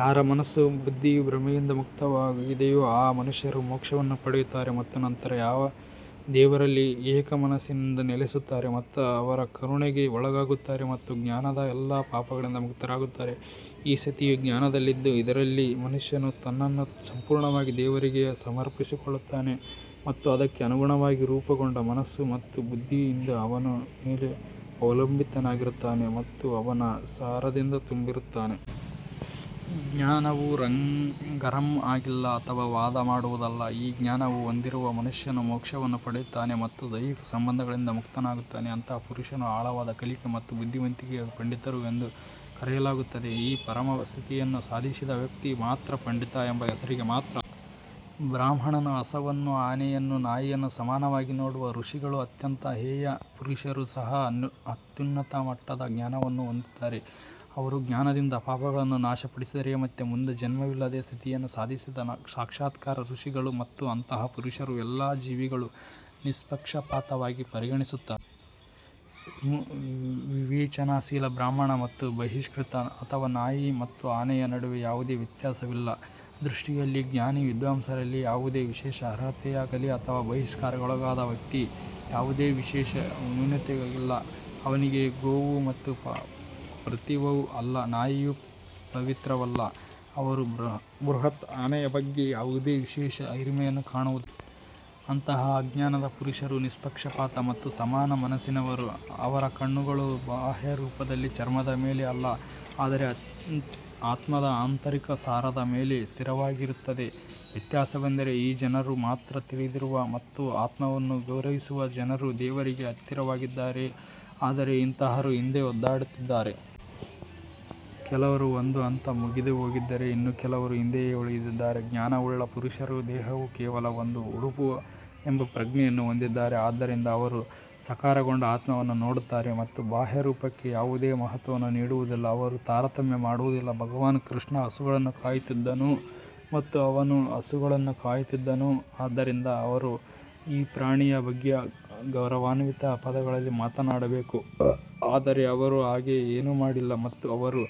ಯಾರ ಮನಸ್ಸು ಮತ್ತು ಬುದ್ಧಿಯು ಭ್ರಮೆಯಿಂದ ಮುಕ್ತವಾಗಿದೆಯೋ ಆ ಮನುಷ್ಯರು ಮೋಕ್ಷವನ್ನು ಪಡೆಯುತ್ತಾರೆ ಮತ್ತು ನಂತರ ಯಾರು ದೇವರಲ್ಲಿ ಏಕಮನಸ್ಸಿನಿಂದ ನೆಲೆಸುತ್ತಾರೆ ಮತ್ತು ಅವರ ಕರುಣೆಗೆ ಒಳಗಾಗುತ್ತಾರೆ ಮತ್ತು ಜ್ಞಾನದಿಂದ ಎಲ್ಲಾ ಪಾಪಗಳಿಂದ ಮುಕ್ತರಾಗುತ್ತಾರೆ. ಆ ಸ್ಥಿತಿಯು ಜ್ಞಾನವಾಗಿದ್ದು ಇದರಲ್ಲಿ ಮನುಷ್ಯನು ತನ್ನನ್ನು ಸಂಪೂರ್ಣವಾಗಿ ದೇವರಿಗೆ ಸಮರ್ಪಿಸಿಕೊಳ್ಳುತ್ತಾನೆ ಮತ್ತು ಅದಕ್ಕೆ ಅನುಗುಣವಾಗಿ ರೂಪುಗೊಂಡ ಮನಸ್ಸು ಮತ್ತು ಬುದ್ಧಿಯಿಂದ ಅವನ ಮೇಲೆ ಅವಲಂಬಿತನಾಗಿರುತ್ತಾನೆ ಮತ್ತು ಅವನ ಸಾರದಿಂದ ತುಂಬಿರುತ್ತಾನೆ. ಜ್ಞಾನವು ಗರಂ ಆಗಿಲ್ಲ ಅಥವಾ ವಾದ ಮಾಡುವುದಲ್ಲ. ಈ ಜ್ಞಾನವನ್ನು ಹೊಂದಿರುವ ಮನುಷ್ಯನು ಮೋಕ್ಷವನ್ನು ಪಡೆಯುತ್ತಾನೆ ಮತ್ತು ದೈಹಿಕ ಸಂಬಂಧಗಳಿಂದ ಮುಕ್ತನಾಗುತ್ತಾನೆ. ಅಂತಹ ಪುರುಷರನ್ನು ಆಳವಾದ ಕಲಿಕೆ ಮತ್ತು ಬುದ್ಧಿವಂತಿಕೆಯ ಪಂಡಿತರು ಎಂದು ಕರೆಯಲಾಗುತ್ತದೆ. ಈ ಪರಮ ಸ್ಥಿತಿಯನ್ನು ಸಾಧಿಸಿದ ವ್ಯಕ್ತಿ ಮಾತ್ರ ಪಂಡಿತ ಎಂಬ ಹೆಸರಿಗೆ ಅರ್ಹ. ಬ್ರಾಹ್ಮಣನನ್ನು ಹಸುವನ್ನು ಆನೆಯನ್ನು ನಾಯಿಯನ್ನು ಸಮಾನವಾಗಿ ನೋಡುವ ಋಷಿಗಳು ಮತ್ತು ಅತ್ಯಂತ ಹೇಯ ಪುರುಷರನ್ನೂ ಸಹ ಅತ್ಯುನ್ನತ ಮಟ್ಟದ ಜ್ಞಾನವನ್ನು ಹೊಂದುತ್ತಾರೆ. ಅವರು ಜ್ಞಾನದಿಂದ ಪಾಪಗಳನ್ನು ನಾಶಪಡಿಸಿದ ಮತ್ತು ಮುಂದೆ ಜನ್ಮವಿಲ್ಲದ ಸ್ಥಿತಿಯನ್ನು ಸಾಧಿಸಿದ ಸಾಕ್ಷಾತ್ಕಾರ ಋಷಿಗಳು. ಮತ್ತು ಅಂತಹ ಪುರುಷರು ಎಲ್ಲಾ ಜೀವಿಗಳನ್ನು ನಿಷ್ಪಕ್ಷಪಾತವಾಗಿ ಪರಿಗಣಿಸುತ್ತಾರೆ. ವಿವೇಚನಾಶೀಲ ಬ್ರಾಹ್ಮಣ ಮತ್ತು ಬಹಿಷ್ಕೃತ ಅಥವಾ ನಾಯಿ ಮತ್ತು ಆನೆಯ ನಡುವೆ ಯಾವುದೇ ವ್ಯತ್ಯಾಸವಿಲ್ಲ. ಅವರ ದೃಷ್ಟಿಯಲ್ಲಿ ಜ್ಞಾನಿ ಮತ್ತು ವಿದ್ವಾಂಸರಲ್ಲಿ ಯಾವುದೇ ವಿಶೇಷ ಅರ್ಹತೆಯಾಗಲೀ ಅಥವಾ ಬಹಿಷ್ಕಾರಕ್ಕೊಳಗಾದ ವ್ಯಕ್ತಿಯಲ್ಲಿ ಯಾವುದೇ ವಿಶೇಷ ನ್ಯೂನತೆಯಾಗಲೀ ಇಲ್ಲ. ಅವನಿಗೆ ಗೋವು ಪವಿತ್ರವೂ ಅಲ್ಲ ನಾಯಿಯೂ ಪವಿತ್ರವಲ್ಲ. ಅವರು ಬೃಹತ್ ಆನೆಯ ಬಗ್ಗೆ ಯಾವುದೇ ವಿಶೇಷ ಹಿರಿಮೆಯನ್ನು ಕಾಣುವುದಿಲ್ಲ. ಅಂತಹ ಜ್ಞಾನದ ಪುರುಷರು ನಿಷ್ಪಕ್ಷಪಾತ ಮತ್ತು ಸಮಾನ ಮನಸ್ಸಿನವರು. ಅವರ ಕಣ್ಣುಗಳು ಬಾಹ್ಯ ರೂಪದಲ್ಲಿ ಚರ್ಮದ ಮೇಲೆ ಅಲ್ಲ ಆದರೆ ಆತ್ಮದ ಆಂತರಿಕ ಸಾರದ ಮೇಲೆ ಸ್ಥಿರವಾಗಿರುತ್ತವೆ. ವ್ಯತ್ಯಾಸವೆಂದರೆ ಈ ಜನರು ಮಾತ್ರ ತಿಳಿದಿರುವ ಮತ್ತು ಆತ್ಮವನ್ನು ಗೌರವಿಸುವ ಜನರು ದೇವರಿಗೆ ಹತ್ತಿರವಾಗಿದ್ದಾರೆ ಆದರೆ ಇತರರು ಹಿಂದೆ ಒದ್ದಾಡುತ್ತಾರೆ. ಕೆಲವರು ಒಂದು ಹಂತ ಮುಂದೆ ಹೋಗಿದ್ದರೆ ಇನ್ನೂ ಕೆಲವರು ಹಿಂದೆಯೇ ಉಳಿದಿದ್ದಾರೆ. ಜ್ಞಾನವುಳ್ಳ ಪುರುಷರು ದೇಹವು ಕೇವಲ ಒಂದು ಉಡುಪು ಎಂಬ ಪ್ರಜ್ಞೆಯನ್ನು ಹೊಂದಿದ್ದಾರೆ. ಆದ್ದರಿಂದ ಅವರು ಸಾಕಾರಗೊಂಡ ಆತ್ಮವನ್ನು ನೋಡುತ್ತಾರೆ ಮತ್ತು ಬಾಹ್ಯ ರೂಪಕ್ಕೆ ಯಾವುದೇ ಮಹತ್ವವನ್ನು ನೀಡುವುದಿಲ್ಲ. ಅವರು ತಾರತಮ್ಯ ಮಾಡುವುದಿಲ್ಲ. ಭಗವಾನ್ ಕೃಷ್ಣನು ಹಸುಗಳನ್ನು ಕಾಯುತ್ತಿದ್ದನು ಮತ್ತು ಅವನು ಹಸುಗಳನ್ನು ಸಾಕುತ್ತಿದ್ದನು ಆದ್ದರಿಂದ ಅವರು ಈ ಪ್ರಾಣಿಯ ಬಗ್ಗೆ ಗೌರವಾನ್ವಿತ ಪದಗಳಲ್ಲಿ ಮಾತನಾಡಬೇಕು ಆದರೆ ಅವರು ಹಾಗೆ ಏನನ್ನೂ ಮಾಡಿಲ್ಲ ಮತ್ತು ಅವರು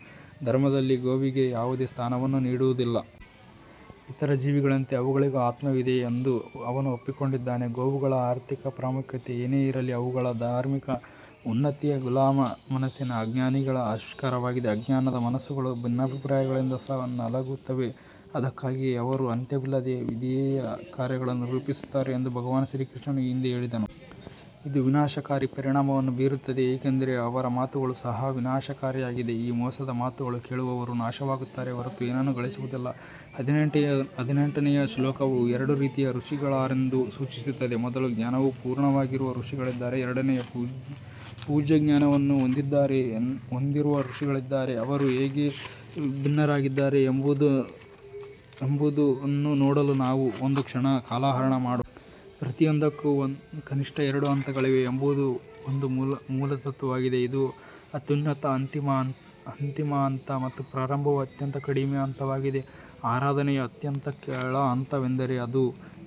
ಧರ್ಮದಲ್ಲಿ ಗೋವಿಗೆ ಯಾವುದೇ ಸ್ಥಾನವನ್ನು ನೀಡುವುದಿಲ್ಲ. ಇತರ ಜೀವಿಗಳಂತೆ ಅವಳಿಗೂ ಆತ್ಮವಿದೆ ಎಂದು ಅವನು ಒಪ್ಪಿಕೊಂಡಿದ್ದಾನೆ. ಗೋವುಗಳ ಆರ್ಥಿಕ ಪ್ರಾಮುಖ್ಯತೆ ಏನೇ ಇರಲಿ ಅವುಗಳ ಧಾರ್ಮಿಕ ಉನ್ನತಿಯು ಗುಲಾಮ ಮನಸ್ಸಿನ ಅಜ್ಞಾನಿಗಳ ಆವಿಷ್ಕಾರವಾಗಿದೆ. ಅಜ್ಞಾನದ ಮನಸ್ಸುಗಳು ಭಿನ್ನಾಭಿಪ್ರಾಯಗಳಿಂದ ನಲುಗುತ್ತವೆ ಅದಕ್ಕಾಗಿಯೇ ಅವರು ಅಂತ್ಯವಿಲ್ಲದ ವಿವಿಧ ಕಾರ್ಯಗಳನ್ನು ರೂಪಿಸುತ್ತಾರೆ ಎಂದು ಭಗವಾನ್ ಶ್ರೀಕೃಷ್ಣನು ಈ ಹಿಂದೆ ಹೇಳಿದನು. ಇದು ವಿನಾಶಕಾರಿ ಪರಿಣಾಮವನ್ನು ಬೀರುತ್ತದೆ ಏಕೆಂದರೆ ಅವರ ಮಾತುಗಳು ಸಹ ವಿನಾಶಕಾರಿಯಾಗಿದೆ. ಈ ಮೋಸದ ಮಾತುಗಳನ್ನು ಕೇಳುವವರು ನಾಶವಾಗುತ್ತಾರೆಯೇ ಹೊರತು ಏನನ್ನೂ ಗಳಿಸುವುದಿಲ್ಲ. ಹದಿನೆಂಟನೆಯ ಶ್ಲೋಕವು ಎರಡು ರೀತಿಯ ಋಷಿಗಳಿದ್ದಾರೆಂದು ಸೂಚಿಸುತ್ತದೆ. ಮೊದಲು ಜ್ಞಾನವು ಪರಿಪೂರ್ಣವಾಗಿರುವ ಋಷಿಗಳಿದ್ದಾರೆ. ಎರಡನೆಯದಾಗಿ ಪೂಜ್ಯ ಜ್ಞಾನವನ್ನು ಹೊಂದಿರುವ ಋಷಿಗಳಿದ್ದಾರೆ. ಅವರು ಹೇಗೆ ಭಿನ್ನರಾಗಿದ್ದಾರೆ ಎಂಬುದನ್ನು ನೋಡಲು ನಾವು ಒಂದು ಕ್ಷಣ ಕಾಲಹರಣ ಮಾಡೋಣ. ಪ್ರತಿಯೊಂದಕ್ಕೂ ಕನಿಷ್ಠ ಎರಡು ಹಂತಗಳಿವೆ ಎಂಬುದು ಒಂದು ಮೂಲತತ್ವವಾಗಿದೆ ಇದು ಅತ್ಯುನ್ನತ ಅಂತಿಮ ಹಂತ ಮತ್ತು ಪ್ರಾರಂಭವು ಅತ್ಯಂತ ಕಡಿಮೆ ಹಂತವಾಗಿದೆ. ಆರಾಧನೆಯ ಅತ್ಯಂತ ಕೆಳ ಹಂತವೆಂದರೆ ಅದು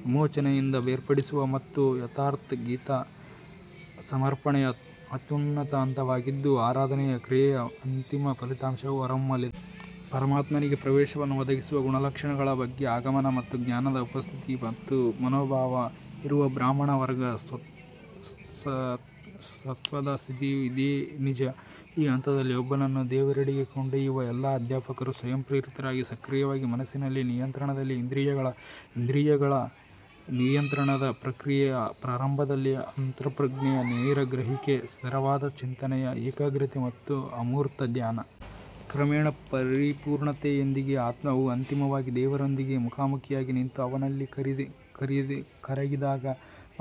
ವಿವೇಚನೆಯಿಂದ ಬೇರ್ಪಡುವಿಕೆ ಮತ್ತು ಯಥಾರ್ಥ್ ಗೀತಾ ಸಮರ್ಪಣೆಯು ಅತ್ಯುನ್ನತ ಹಂತವಾಗಿದ್ದು ಆರಾಧನೆಯ ಕ್ರಿಯೆಯ ಅಂತಿಮ ಫಲಿತಾಂಶವು ಹೊರಹೊಮ್ಮಲಿದೆ. ಪರಮಾತ್ಮನಿಗೆ ಪ್ರವೇಶವನ್ನು ಒದಗಿಸುವ ಗುಣಲಕ್ಷಣಗಳ ಆಗಮನ ಮತ್ತು ಜ್ಞಾನದ ಉಪಸ್ಥಿತಿ ಮತ್ತು ಪೂಜ್ಯ ಮನೋಭಾವ ಇರುವಾಗ ಬ್ರಾಹ್ಮಣ ವರ್ಗದ ಸತ್ವದ ಸ್ಥಿತಿಯೂ ಇದೇ ನಿಜ. ಈ ಹಂತದಲ್ಲಿ ಒಬ್ಬನನ್ನು ದೇವರೆಡೆಗೆ ಕೊಂಡೊಯ್ಯುವ ಎಲ್ಲಾ ಅಧ್ಯಾಪಕರು ಸ್ವಯಂಪ್ರೇರಿತವಾಗಿ ಸಕ್ರಿಯವಾಗಿ ಮನಸ್ಸಿನ ನಿಯಂತ್ರಣದಲ್ಲಿ ಇಂದ್ರಿಯಗಳ ಇಂದ್ರಿಯಗಳ ನಿಯಂತ್ರಣದ ಪ್ರಕ್ರಿಯೆಯ ಪ್ರಾರಂಭದಲ್ಲಿ ಅಂತಃಪ್ರಜ್ಞೆಯ ನೇರ ಗ್ರಹಿಕೆ ಸ್ಥಿರವಾದ ಚಿಂತನೆಯ ಏಕಾಗ್ರತೆ ಮತ್ತು ಅಮೂರ್ತ ಧ್ಯಾನ. ಕ್ರಮೇಣ ಪರಿಪೂರ್ಣತೆಯೊಂದಿಗೆ ಆತ್ಮವು ಅಂತಿಮವಾಗಿ ದೇವರೊಂದಿಗೆ ಮುಖಾಮುಖಿಯಾಗಿ ನಿಂತು ಅವನಲ್ಲಿ ಕರಗಿದಾಗ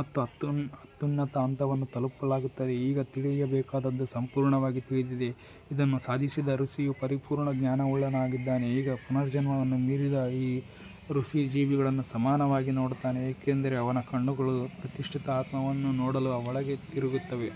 ಅದರ ಅತ್ಯುನ್ನತ ಹಂತವನ್ನು ತಲುಪಲಾಗುತ್ತದೆ. ಈಗ ತಿಳಿಯಬೇಕಾದದ್ದು ಸಂಪೂರ್ಣವಾಗಿ ತಿಳಿದಿದೆ. ಇದನ್ನು ಸಾಧಿಸಿದ ಋಷಿಯು ಪರಿಪೂರ್ಣ ಜ್ಞಾನವುಳ್ಳವನಾಗಿದ್ದಾನೆ. ಈಗ ಪುನರ್ಜನ್ಮವನ್ನು ಮೀರಿದ ಈ ಋಷಿ ಜೀವಿಗಳನ್ನು ಸಮಾನವಾಗಿ ನೋಡುತ್ತಾನೆ ಏಕೆಂದರೆ ಅವನ ಕಣ್ಣುಗಳು ಪ್ರತಿಷ್ಠಿತ ಆತ್ಮವನ್ನು ನೋಡಲು ಒಳಗೆ ತಿರುಗಿವೆ.